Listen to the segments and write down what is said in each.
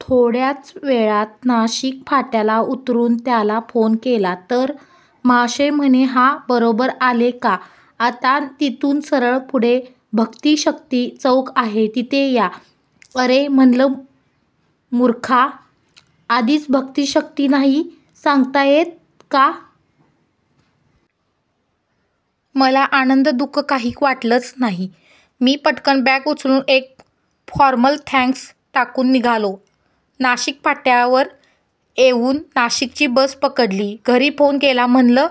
थोड्याच वेळात नाशिक फाट्याला उतरून त्याला फोन केला, तर महाशय म्हणे हा बरोबर आले का? आता तिथून सरळ पुढे भक्तीशक्ती चौक आहे तिथे या. अरे म्हणलं मूर्खा! आधीच भक्तीशक्ती नाही सांगता येत का. मला आनंद दुःख काही वाटलंच नाही. मी पटकन बॅग उचलून एक फॉर्मल थँक्स टाकून निघालो. नाशिक फाट्यावर येऊन नाशिकची बस पकडली. घरी फोन केला म्हणलं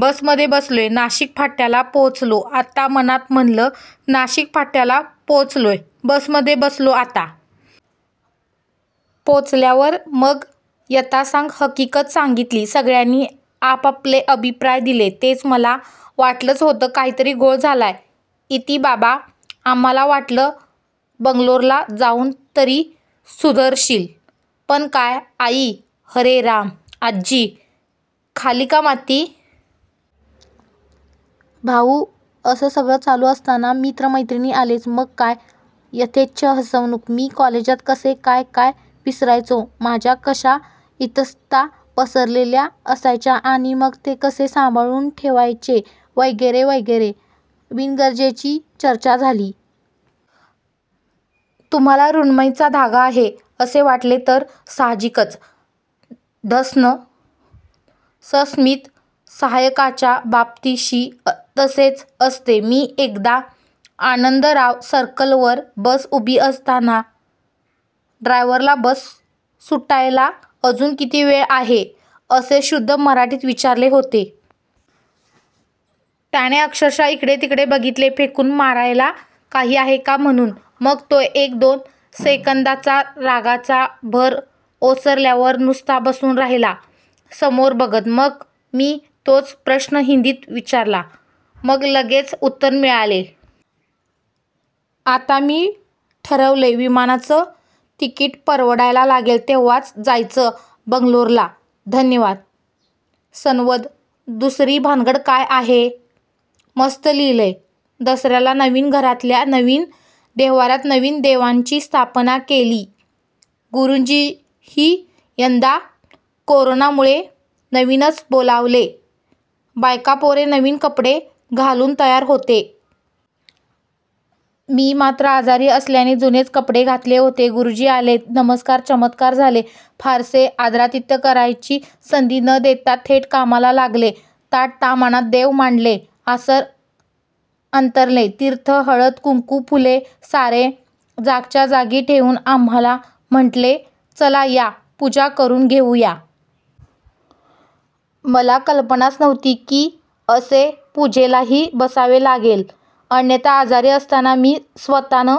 बसमध्ये बसलोय, नाशिक फाट्याला पोहोचलो आता. मनात म्हणलं नाशिक फाट्याला पोहोचलोय, बसमध्ये बसलो आता. पोहोचल्यावर मग यथासांग हकीकत सांगितली. सगळ्यांनी आपापले अभिप्राय दिले. तेच मला वाटलंच होतं काहीतरी घोळ झालाय, इति बाबा. आम्हाला वाटलं बंगलोरला जाऊन तरी सुधरशील, पण काय, आई. हरे राम, आज्जी. खाल्ली का माती? भाऊ. असं सगळं चालू असताना मित्र मैत्रिणी आलेच. मग काय. यथेच्छ हसवणूक. मी कॉलेजात कसे काय काय विसरायचो, माझ्या कशा इतस्तत: पसरलेल्या असायच्या आणि मग ते कसे सांभाळून ठेवायचे वगैरे वगैरे बिनगरजेची चर्चा झाली. तुम्हाला ऋन्मयचा धागा आहे असे वाटले तर साहजिकच. धन्स सस्मित, सहायकाच्या बाबतीतशी तसेच असते. मी एकदा आनंदराव सर्कलवर बस उभी असताना ड्रायव्हरला बस सुटायला अजून किती वेळ आहे असे शुद्ध मराठीत विचारले होते. त्याने अक्षरशः इकडे तिकडे बघितले फेकून मारायला काही आहे का म्हणून. मग तो एक-दोन सेकंदांचा रागाचा भर ओसरल्यावर नुसता बसून राहिला समोर बघत. मग मी तोच प्रश्न हिंदीत विचारला. मग लगेच उत्तर मिळाले. आता मी ठरवलंय विमानाचं तिकीट परवडायला लागेल तेव्हाच जायचं बंगलोरला. धन्यवाद सनवद, दुसरी भानगड काय आहे? मस्त लिहिलंय! दसऱ्याला नवीन घरातल्या नवीन देव्हाऱ्यात नवीन देवांची स्थापना केली. गुरुजीही यंदा कोरोनामुळे नवीनच बोलावले. बायकापोरे नवीन कपडे घालून तयार होते. मी मात्र आजारी असल्याने जुनेच कपडे घातले होते. गुरुजी आले. नमस्कार चमत्कार झाले. फारसे आदरातिथ्य करायची संधी न देता थेट कामाला लागले. ताट ताम्हाणात देव मांडले. आसन अंथरले. तीर्थ हळद कुंकू फुले सारे जागच्या जागी ठेवून आम्हाला म्हटले चला या पूजा करून घेऊया. मला कल्पनाच नव्हती की असे पूजेलाही बसावे लागेल. अन्यथा आजारी असताना मी स्वतः न